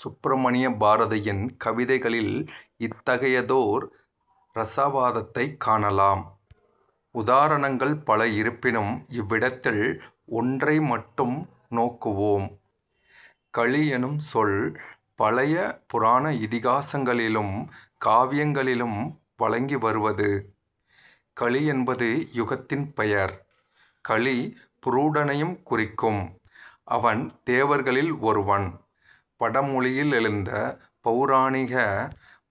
சுப்பிரமணிய பாரதியின் கவிதைகளிலே இத்தகையதோர் இரசவாதத்தைக் காணலாம். உதாரணங்கள் பல இருப்பினும், இவ்விடத்தில் ஒன்றை மட்டும் நோக்குவோம். கலி என்னும் சொல் பழைய புராண-இதிகாசங்களிலும் காவியங்களிலும் வழங்கி வருவது. கலி என்பது யுகத்தின் பெயர்; கலி புருடனையும் குறிக்கும். அவன் தேவர்களில் ஒருவன். வடமொழியி லெழுந்த பௌராணிக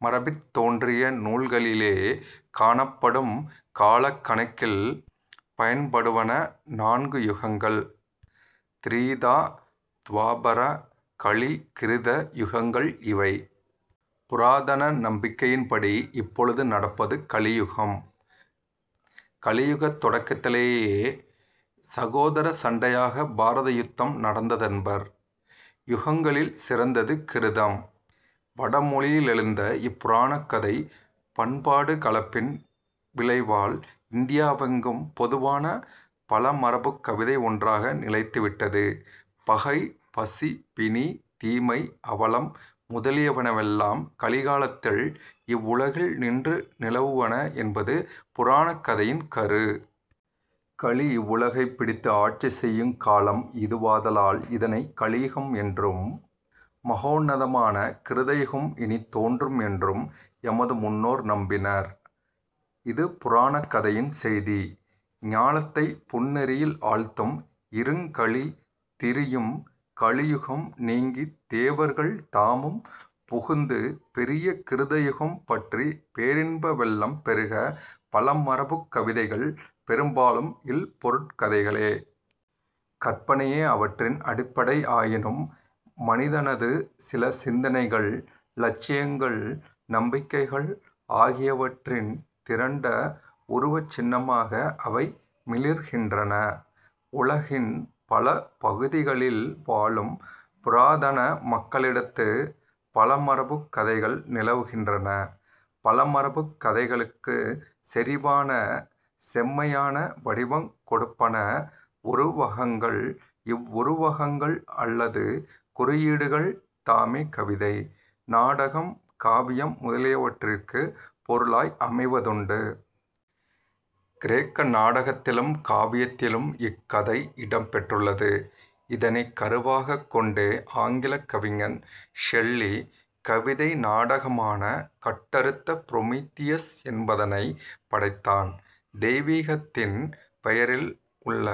மரபிற்றோன்றிய நூல்களிலே காணப்படும் காலக் கணக்கில் பயன்படுவன நான்கு யுகங்கள்; திரேதா, துவாபர, கலி, கிருத, யுகங்கள் இவை. புராதன நம்பிக்கையின்படி இப்பொழுது நடப்பது கலியுகம். கலியுகத் தொடக்கத்திலேயே 'சகோதரச் சண்டையாக பாரத யுத்தம் நடந்ததென்பர். யுகங்களில் சிறந்தது கிருதம். வடமொழியிலெழுந்த இப்புராணக் கதை பண்பாடுக் கலப்பின் விளைவால் இந்தியாவெங்கும் பொதுவான பழமரபுக கதை ஒன்றாக நிலைத்து விட்டது. பகை, பசி, பிணி, தீமை, அவலம் முதலியனவெல்லாம் கலிகாலத்தில் இவ்வுலகில் நின்று நிலவுவன என்பது புராணக் கதையின் கரு. கலி இவ்வுலகைப் பிடித்து ஆட்சி செய்யுங் காலம் இதுவாதலால் இதனைக் கலியுகம் என்றும், மகோன்னதமான கிருதயுகம் இனித் தோன்றும் என்றும் எமது முன்னோர் நம்பினர்; இது புராணக் கதையின் செய்தி. "ஞாலத்தைப் புன்னெறியில் ஆழ்த்தும் இருங்கலி" "திரியும் கலியுகம் நீங்கித் தேவர்கள் தாமும் புகுந்து பெரிய கிருதயுகம் பற்றிப் பேரின்ப வெள்ளம் பெருக" பழமரபுக் கதைகள் பெரும்பாலும் இல்பொருட்கதைகளே! கற்பனையே அவற்றின் அடிப்படை. ஆயினும் மனிதனது சில சிந்தனைகள், இலட்சியங்கள், நம்பிக்கைகள் ஆகியவற்றின் திரண்ட உருவச்சின்னமாக அவை மிளிர்கின்றன. உலகின் பல பகுதிகளில் வாழும் புராதன மக்களிடத்தும் பழமரபுக் கதைகள் நிலவுகின்றன. பழமரபுக் கதைகளுக்குச் செறிவான-செம்மையான வடிவங் கொடுப்பன உருவகங்கள். இவ்வுருவகங்கள் அல்லது குறியீடுகள் தாமே கவிதை, நாடகம், காவியம் முதலியவற்றிற்குப் பொருளாய் அமைவதுண்டு. கிரேக்க நாடகத்திலும் காவியத்திலும் இக்கதை இடம் பெற்றுள்ளது. இதனைக் கருவாகக் கொண்டே ஆங்கிலக் கவிஞன் ஷெல்லி கவிதை நாடகமான கட்டறுத்த புரோமித்தியஸ் என்பதனைப் படைத்தான். தெய்விகத்தின் பெயரில் உள்ள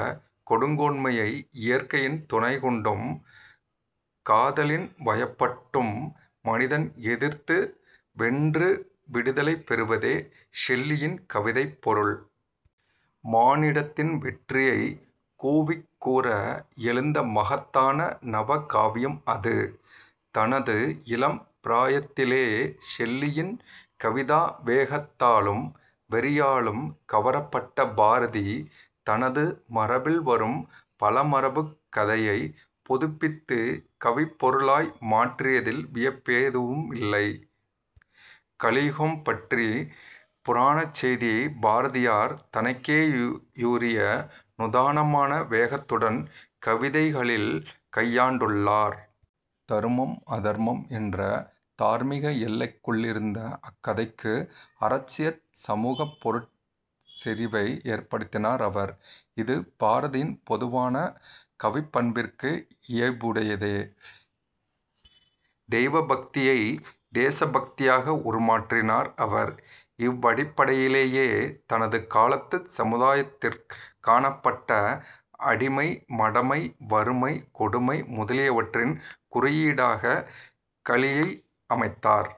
கொடுங்கோன்மையை இயற்கையின் துணைக்கொண்டும் காதலின் வயப்பட்டும் மனிதன் எதிர்த்து வென்று விடுதலை பெறுவதே ஷெல்லியின் கவிதைப் பொருள். மானிடத்தின் வெற்றியைக் கூவிக் கூற எழுந்த மகத்தான நவகாவியம் அது. தனது இளம் பிராயத்திலே ஷெல்லியின் கவிதா வேகத்தாலும் வெறியாலும் கவரப்பட்ட பாரதி, தனது மரபில் வரும் பழமரபுக் கதையைப் புதுப்பித்துக் கவிப் பொருளாய் மாற்றியதில் வியப்பெதுவுமில்லை. கலியுகம்பற்றிய புராணச் செய்தியைப் பாரதியார் தனக்கேயுரிய நூதனமான வேகத்துடன் கவிதைகளில் கையாண்டுள்ளார். தருமம் அதருமம் என்ற தார்மீக எல்லைக்குள்ளிருந்த அக்கதைக்கு, அரசியற்-சமூகப் பொருட் செறிவை ஏற்படுத்தினார் அவர். இது பாரதியின் பொதுவான கவிப்பண்பிற்கு இயைபுடையதே. தெய்வ பக்தியைத் தேச பக்தியாக உருமாற்றினார் அவர். இவ்வடிப்படையிலேயே, தனது காலத்துச் சமுதாயத்திற் காணப்பட்ட அடிமை, மடமை, வறுமை, கொடுமை முதலியவற்றின் குறியீடாகக் கலியை அமைத்தார்.